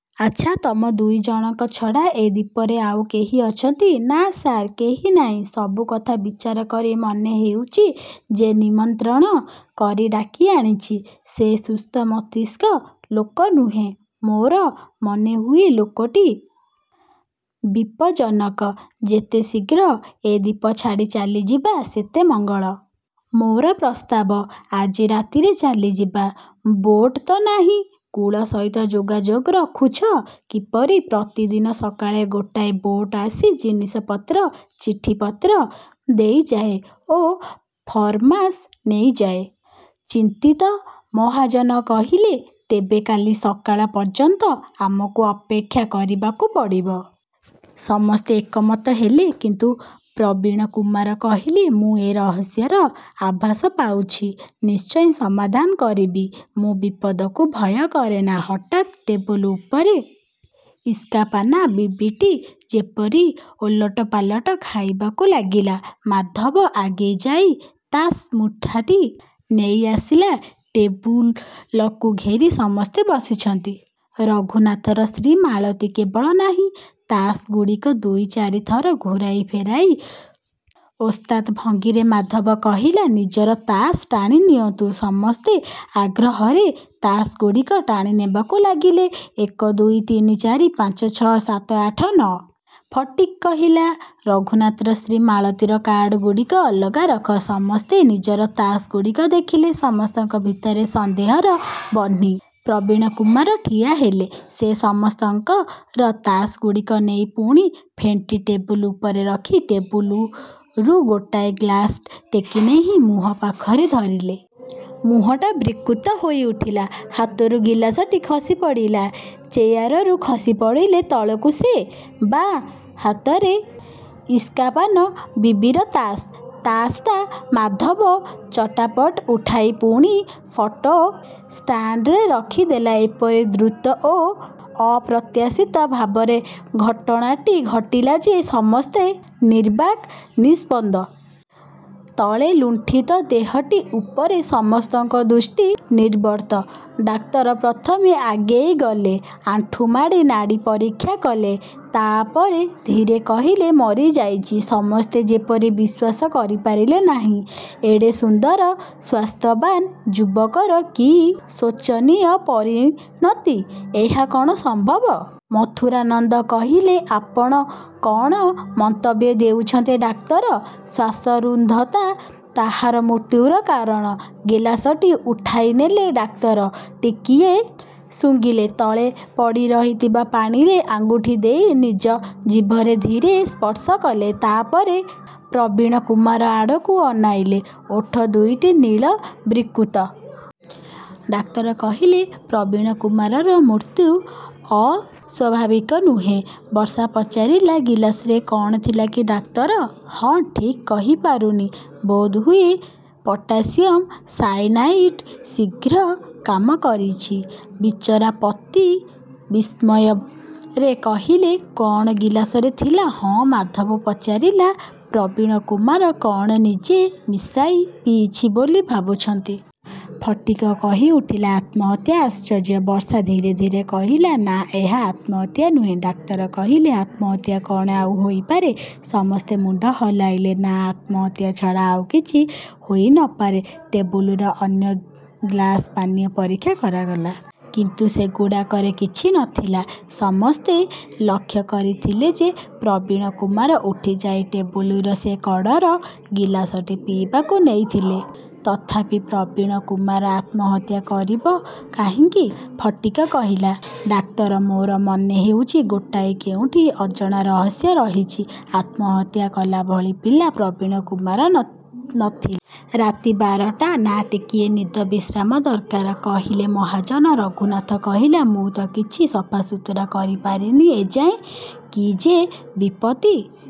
ଆଚ୍ଛା, ତମ ଦୁଇ ଜଣଙ୍କ ଛଡ଼ା ଏ ଦ୍ୱୀପରେ ଆଉ କେହି ଅଛନ୍ତି? ନା ସାର୍, କେହି ନାହିଁ। ସବୁକଥା ବିଚାର କରି, ମନେହେଉଛି, ଯେ ନିମନ୍ତ୍ରଣ କରି ଡାକିଆଣିଛି ସେ ସୁସ୍ଥମସ୍ତିଷ୍କ ଲୋକ ନୁହେଁ। ମୋର ମନେହୁଏ, ଲୋକଟି ବିପଜ୍ଜନକ। ଯେତେଶୀଘ୍ର ଏ ଦ୍ଵୀପ ଛାଡ଼ି ଚାଲିଯିବା ସେତେ ମଙ୍ଗଳ। ମୋର ପ୍ରସ୍ତାବ, ଆଜି ରାତିରେ ଚାଲିଯିବା। ବୋଟ୍ ତ ନାହିଁ। କୂଳ ସହିତ ଯୋଗାଯୋଗ ରଖୁଛ କିପରି? ପ୍ରତିଦିନ ସକାଳେ ଗୋଟାଏ ବୋଟ୍ ଆସି ଜିନିଷପତ୍ର, ଚିଠିପତ୍ର ଦେଇଯାଏ ଓ ଫରମାସ ନେଇଯାଏ। ଚିନ୍ତିତ ମହାଜନ କହିଲେ, ତେବେ କାଲି ସକାଳ ପର୍ଯ୍ୟନ୍ତ, ଆମକୁ ଅପେକ୍ଷା କରିବାକୁ ପଡ଼ିବ। ସମସ୍ତେ ଏକମତ ହେଲେ କିନ୍ତୁ ପ୍ରବୀଣକୁମାର କହିଲେ, ମୁଁ ଏ ରହସ୍ୟର ଆଭାସ ପାଉଛି। ନିଶ୍ଚୟ ସମାଧାନ କରିବି। ମୁଁ ବିପଦକୁ ଭୟ କରେନା। ହଠାତ୍ ଟେବୁଲ ଉପରେ ଇସ୍କାପାନ ବିବିଟି ଯେପରି ଓଲଟପାଲଟ ଖାଇବାକୁ ଲାଗିଲା। ମାଧବ ଆଗେଇଯାଇ ତାସ୍ ମୁଠାଟି ନେଇଆସିଲା। ଟେବୁଲକୁ ଘେରି ସମସ୍ତେ ବସିଛନ୍ତି। ରଘୁନାଥର ସ୍ତ୍ରୀ ମାଳତୀ କେବଳ ନାହିଁ। ତାସ୍ ଗୁଡ଼ିକ ଦୁଇ ଚାରି ଥର ଘୂରାଇ ଫେରାଇ ଓସ୍ତାଦ୍ ଭଙ୍ଗୀରେ ମାଧବ କହିଲା, ନିଜର ତାସ୍ ଟାଣିନିଅନ୍ତୁ। ସମସ୍ତେ ଆଗ୍ରହରେ ତାସ୍ ଗୁଡ଼ିକ ଟାଣିନେବାକୁ ଲାଗିଲେ, ଏକ ଦୁଇ ତିନି ଚାରି ପାଞ୍ଚ ଛଅ ସାତ ଆଠ ନଅ। ଫଟିକ୍ କହିଲା, ରଘୁନାଥର ସ୍ତ୍ରୀ ମାଳତୀର କାର୍ଡ଼ଗୁଡ଼ିକ ଅଲଗା ରଖ। ସମସ୍ତେ ନିଜର ତାସ୍ ଗୁଡ଼ିକ ଦେଖିଲେ। ସମସ୍ତଙ୍କ ଭିତରେ ସନ୍ଦେହର ବହ୍ନି। ପ୍ରବୀଣକୁମାର ଠିଆହେଲେ। ସେ ସମସ୍ତଙ୍କର ତାସ୍ ଗୁଡ଼ିକ ନେଇ ପୁଣି ଫେଣ୍ଟି ଟେବୁଲ ଉପରେ ରଖି ଟେବୁଲରୁ ଗୋଟାଏ ଗ୍ଲାସ୍ ଟେକିନେଇ ମୁହଁ ପାଖରେ ଧରିଲେ। ମୁହଁଟା ବିକୃତ ହୋଇଉଠିଲା। ହାତରୁ ଗିଲାସଟି ଖସିପଡ଼ିଲା। ଚେୟାରରୁ ଖସିପଡ଼ିଲେ ତଳକୁ ସେ। ବାଁ ହାତରେ ଇସ୍କାପାନ ବିବିର ତାସ୍। ତାସ୍ ଟା ମାଧବ ଚଟାପଟ ଉଠାଇ ପୁଣି ଫଟୋ ଷ୍ଟାଣ୍ଡରେ ରଖିଦେଲା। ଏପରି ଦ୍ରୁତ ଓ ଅପ୍ରତ୍ୟାଶିତ ଭାବରେ ଘଟଣାଟି ଘଟିଲା ଯେ ସମସ୍ତେ ନିର୍ବାକ୍, ନିସ୍ପନ୍ଦ। ତଳେ ଲୁଣ୍ଠିତ ଦେହଟି ଉପରେ ସମସ୍ତଙ୍କ ଦୃଷ୍ଟି ନିବଦ୍ଧ। ଡାକ୍ତର ପ୍ରଥମେ ଆଗେଇଗଲେ। ଆଣ୍ଠୁମାଡ଼ି ନାଡ଼ି ପରୀକ୍ଷା କଲେ। ତା ପରେ ଧୀରେ କହିଲେ, ମରିଯାଇଛି। ସମସ୍ତେ ଯେପରି ବିଶ୍ୱାସ କରିପାରିଲେ ନାହିଁ। ଏଡ଼େ ସୁନ୍ଦର ସ୍ୱାସ୍ଥ୍ୟବାନ୍ ଯୁବକର କି ଶୋଚନୀୟ ପରିଣତି। ଏହା କ'ଣ ସମ୍ଭବ? ମଥୁରାନନ୍ଦ କହିଲେ, ଆପଣ କ'ଣ ମନ୍ତବ୍ୟ ଦେଉଛନ୍ତି ଡାକ୍ତର? ଶ୍ୱାସରୁଦ୍ଧତା ତାହାର ମୃତ୍ୟୁର କାରଣ। ଗିଲାସଟି ଉଠାଇନେଲେ ଡାକ୍ତର। ଟିକିଏ ଶୁଙ୍ଘିଲେ। ତଳେ ପଡ଼ିରହିଥିବା ପାଣିରେ ଅଙ୍ଗୁଳି ଦେଇ ନିଜ ଜିଭରେ ଧୀରେ ସ୍ପର୍ଶ କଲେ। ତା ପରେ ପ୍ରବୀଣକୁମାର ଆଡ଼କୁ ଅନାଇଲେ। ଓଠ ଦୁଇଟି ନୀଳ, ବିକୃତ। ଡାକ୍ତର କହିଲେ, ପ୍ରବୀଣକୁମାରର ମୃତ୍ୟୁ ଅସ୍ୱାଭାବିକ ନୁହେଁ। ବର୍ଷା ପଚାରିଲା, ଗିଲାସରେ କ'ଣ ଥିଲା କି ଡାକ୍ତର? ହଁ, ଠିକ୍ କହିପାରୁନି। ବୋଧହୁଏ ପଟାସିୟମ୍ ସାୟନାଇଡ୍। ଶୀଘ୍ର କାମ କରିଛି। ବିଚାରପତି ବିସ୍ମୟରେ କହିଲେ, କ'ଣ, ଗିଲାସରେ ଥିଲା? ହଁ। ମାଧବ ପଚାରିଲା, ପ୍ରବୀଣକୁମାର କ'ଣ ନିଜେ ମିଶାଇ ପିଇଛି ବୋଲି ଭାବୁଛନ୍ତି? ଫଟିକ୍ କହିଉଠିଲା, ଆତ୍ମହତ୍ୟା, ଆଶ୍ଚର୍ଯ୍ୟ। ବର୍ଷା ଧୀରେ ଧୀରେ କହିଲା, ନା, ଏହା ଆତ୍ମହତ୍ୟା ନୁହେଁ। ଡାକ୍ତର କହିଲେ, ଆତ୍ମହତ୍ୟା କ'ଣ ଆଉ ହୋଇପାରେ? ସମସ୍ତେ ମୁଣ୍ଡ ହଲାଇଲେ। ନା, ଆତ୍ମହତ୍ୟା ଛଡ଼ା ଆଉ କିଛି ହୋଇ ନ ପାରେ। ଟେବୁଲର ଅନ୍ୟ ଗ୍ଲାସର ପାନୀୟ ପରୀକ୍ଷା କରାଗଲା। କିନ୍ତୁ ସେଗୁଡ଼ାକରେ କିଛି ନ ଥିଲା। ସମସ୍ତେ ଲକ୍ଷ୍ୟ କରିଥିଲେ ଯେ ପ୍ରବୀଣକୁମାର ଉଠିଯାଇ ଟେବୁଲର ସେ କଡ଼ର ଗିଲାସଟି ପିଇବାକୁ ନେଇଥିଲେ। ତଥାପି, ପ୍ରବୀଣକୁମାର ଆତ୍ମହତ୍ୟା କରିବ କାହିଁକି? ଫଟିକ୍ କହିଲା, ଡାକ୍ତର, ମୋର ମନେହେଉଛି ଗୋଟାଏ କେଉଁଠି ଅଜଣା ରହସ୍ୟ ରହିଛି। ଆତ୍ମହତ୍ୟା କଲାଭଳି ପିଲା ପ୍ରବୀଣକୁମାର ନ ଥିଲା। ରାତି ବାରଟା, ନା ଟିକିଏ ନିଦ, ବିଶ୍ରାମ ଦରକାର, କହିଲେ ମହାଜନ। ରଘୁନାଥ କହିଲା, ମୁଁ ତ କିଛି ସଫାସୁତୁରା କରିପାରିନି ଏ ଯାଏଁ। କି ଯେ ବିପତ୍ତି!